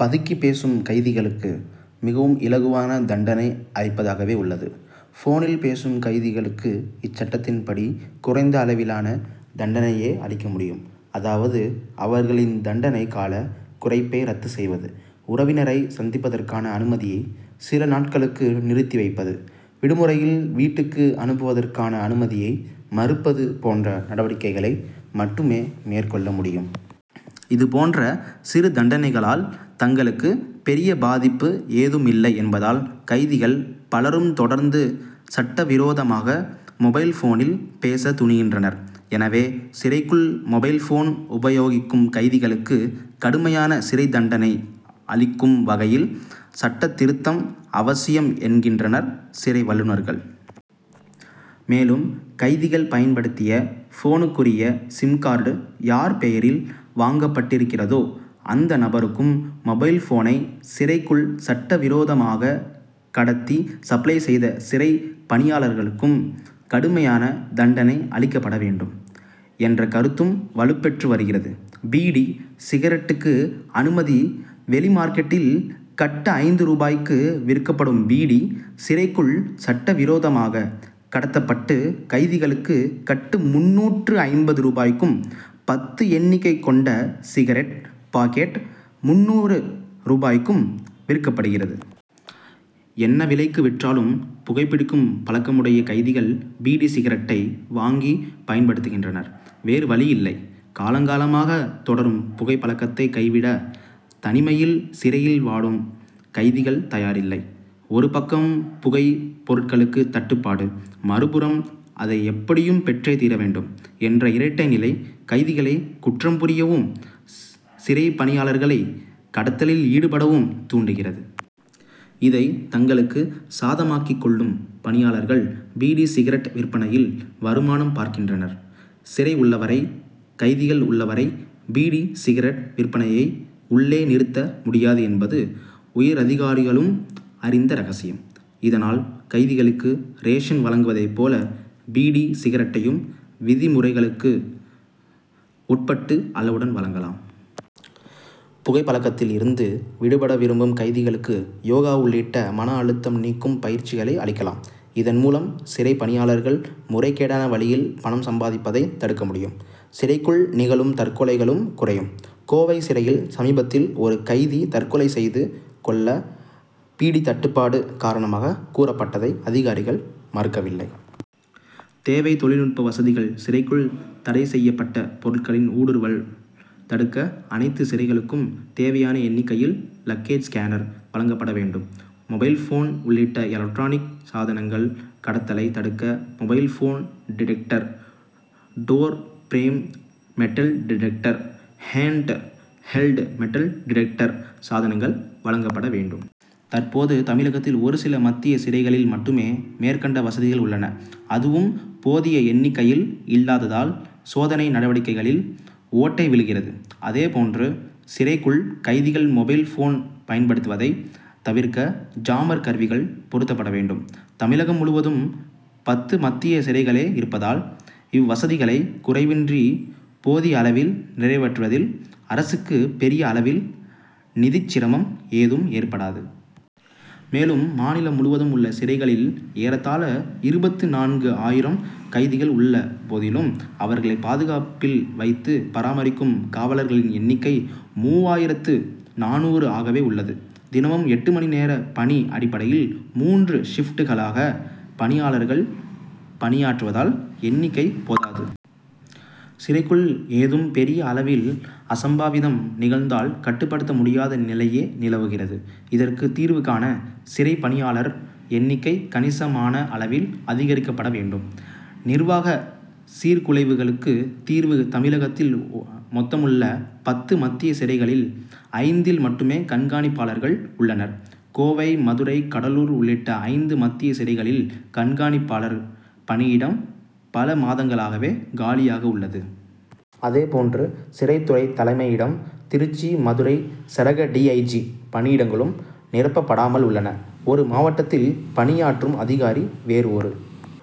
பதுக்கி பேசும் கைதிகளுக்கு, மிகவும் இலகுவான தண்டனை அளிப்பதாகவே உள்ளது. போனில் பேசும் கைதிகளுக்கு இச்சட்டத்தின்படி குறைந்த அளவிலான தண்டனையே அளிக்க முடியும். அதாவது, அவர்களின் தண்டனை கால குறைப்பை ரத்து செய்வது; உறவினரை சந்திப்பதற்கான அனுமதியை சில நாட்களுக்கு நிறுத்தி வைப்பது; விடுமுறையில் வீட்டுக்கு அனுப்புவதற்கான அனுமதியை மறுப்பது போன்ற நடவடிக்கைகளை மட்டுமே மேற் கொள்ள முடியும். இது போன்ற சிறு தண்டனைகளால் தங்களுக்கு பெரிய பாதிப்பு ஏதுமில்லை என்பதால், கைதிகள் பலரும் தொடர்ந்து சட்டவிரோதமாக மொபைல் போனில் பேச துணிகின்றனர். எனவே, சிறைக்குள் மொபைல் போன் உபயோகிக்கும் கைதிகளுக்கு கடுமையான சிறை தண்டனை அளிக்கும் வகையில் சட்டத்திருத்தம் அவசியம், என்கின்றனர், சிறை வல்லுனர்கள். மேலும், கைதிகள் பயன்படுத்திய போனுக்குரிய சிம்கார்டு' யார் பெயரில் வாங்கப்பட்டிருக்கிறதோ அந்த நபருக்கும், மொபைல் போனை சிறைக்குள் சட்டவிரோதமாக கடத்தி சப்ளை செய்த சிறை பணியாளர்களுக்கும் கடுமையான தண்டனை அளிக்கப்பட வேண்டும், என்ற கருத்தும் வலுப்பெற்று வருகிறது. பீடி, சிகரெட்டுக்கு அனுமதி வெளிமார்க்கெட்டில் கட்டு ஐந்து ரூபாய்க்கு விற்கப்படும் பீடி, சிறைக்குள் சட்ட விரோதமாக கடத்தப்பட்டு கைதிகளுக்கு கட்டு முன்னூற்று ஐம்பது ரூபாய்க்கும், பத்து எண்ணிக்கை கொண்ட சிகரெட் பாக்கெட் முன்னூறு ரூபாய்க்கும் விற்கப்படுகிறது. என்ன விலைக்கு விற்றாலும், புகைபிடிக்கும் பழக்கமுடைய கைதிகள் பீடி, சிகரெட்டை வாங்கி பயன்படுத்துகின்றனர், வேறு வழியில்லை. காலங்காலமாக தொடரும் புகை பழக்கத்தை கைவிட, தனிமையில் சிறையில் வாடும் கைதிகள் தயாரில்லை. ஒரு பக்கம் புகை பொருட்களுக்கு தட்டுப்பாடு, மறுபுறம் அதை எப்படியும் பெற்றே தீரவேண்டும்' என்ற இரட்டை நிலை, கைதிகளை குற்றம்புரியவும், சிறை பணியாளர்களை கடத்தலில் ஈடுபடவும் தூண்டுகிறது. இதை தங்களுக்கு சாதமாக்கிக் கொள்ளும் பணியாளர்கள், பீடி, சிகரெட் விற்பனையில் வருமானம் பார்க்கின்றனர். சிறை உள்ளவரை, கைதிகள் உள்ளவரை பீடி, சிகரெட் விற்பனையை உள்ளே' நிறுத்த முடியாது என்பது, உயரதிகாரிகளும் அறிந்த ரகசியம். இதனால், கைதிகளுக்கு ரேஷன் வழங்குவதை போல பீடி, சிகரெட்டையும் விதிமுறைகளுக்கு உட்பட்டு அளவுடன் வழங்கலாம். புகை பழக்கத்தில் இருந்து விடபட விரும்பும் கைதிகளுக்கு யோகா உள்ளிட்ட மன அழுத்தம் நீக்கும் பயிற்சிகளை அளிக்கலாம். இதன் மூலம், சிறை பணியாளர்கள் முறைகேடான வழியில் பணம் சம்பாதிப்பதை தடுக்க முடியும். சிறைக்குள் நிகழும் தற்கொலைகளும் குறையும். கோவை சிறையில் சமீபத்தில் ஒரு கைதி தற்கொலை செய்து கொள்ள பீடி தட்டுப்பாடு' காரணமாக கூறப்பட்டதை, அதிகாரிகள் மறுக்கவில்லை. தேவை தொழில்நுட்ப வசதிகள் சிறைக்குள் தடை செய்யப்பட்ட பொருட்களின் ஊடுருவல் தடுக்க அனைத்து சிறைகளுக்கும் தேவையான எண்ணிக்கையில் லக்கேஜ் ஸ்கேனர்' வழங்கப்பட வேண்டும். மொபைல் போன் உள்ளிட்ட எலக்ட்ரானிக் சாதனங்கள் கடத்தலை தடுக்க mobile phone detector' door frame metal detector' hand held metal detector' சாதனங்கள் வழங்கப்பட வேண்டும். தற்போது, தமிழகத்தில் ஒரு சில மத்திய சிறைகளில் மட்டுமே மேற்கண்ட வசதிகள் உள்ளன, அதுவும் போதிய எண்ணிக்கையில் இல்லாததால், சோத னை நடவடிக்கைகளில் ஓட்டை விழுகிறது. அதே போன்று சிறைக்குள், கைதிகள் மொபைல் போன் பயன்படுத்துவதை தவிர்க்க ஜாமர்' கருவிகள் பொருத்தப்பட வேண்டும். தமிழகம் முழுவதும் பத்து மத்திய சிறைகளே இருப்பதால், இவ்வசதிகளை குறைவின்றி போதிய அளவில் நிறைவேற்றுவதில் அரசுக்கு பெரிய அளவில் நிதிச்சிரமம் ஏதும் ஏற்படாது. மேலும், மாநிலம் முழுவதும் உள்ள சிறைகளில் ஏறத்தாழ இருபத்து நான்கு ஆயிரம் கைதிகள் உள்ள போதிலும், அவர்களை பாதுகாப்பில் வைத்து பராமரிக்கும் காவலர்களின் எண்ணிக்கை மூவாயிரத்து நானூறு ஆகவே உள்ளது. தினமும் எட்டு மணி நேர பணி' அடிப்படையில் மூன்று ஷிப்ட்களாக பணியாளர்கள் பணியாற்றுவதால் எண்ணிக்கை போதா. சிறைக்குள் ஏதும் பெரிய அளவில் அசம்பாவிதம் நிகழ்ந்தால் கட்டுப்படுத்த முடியாத நிலையே நிலவுகிறது. இதற்கு தீர்வு காண, சிறை பணியாளர் எண்ணிக்கை கணிசமான அளவில் அதிகரிக்கப்பட வேண்டும். நிர்வாக சீர்குலைவுகளுக்கு தீர்வு தமிழகத்தில் மொத்தமுள்ள பத்து மத்திய சிறைகளில், ஐந்தில் மட்டுமே கண்காணிப்பாளர்கள் உள்ளனர். கோவை, மதுரை, கடலூர் உள்ளிட்ட ஐந்து மத்திய சிறைகளில் கண்காணிப்பாளர் பணியிடம் பல மாதங்களாகவே காலியாக உள்ளது. அதே போன்று, சிறைத்துறை தலைமையிடம், திருச்சி, மதுரை சரக டி. ஐ. ஜி., பணியிடங்களும் நிரப்பப்படாமல் உள்ளன. ஒரு மாவட்டத்தில் பணியாற்றும் அதிகாரி, வேறு ஒரு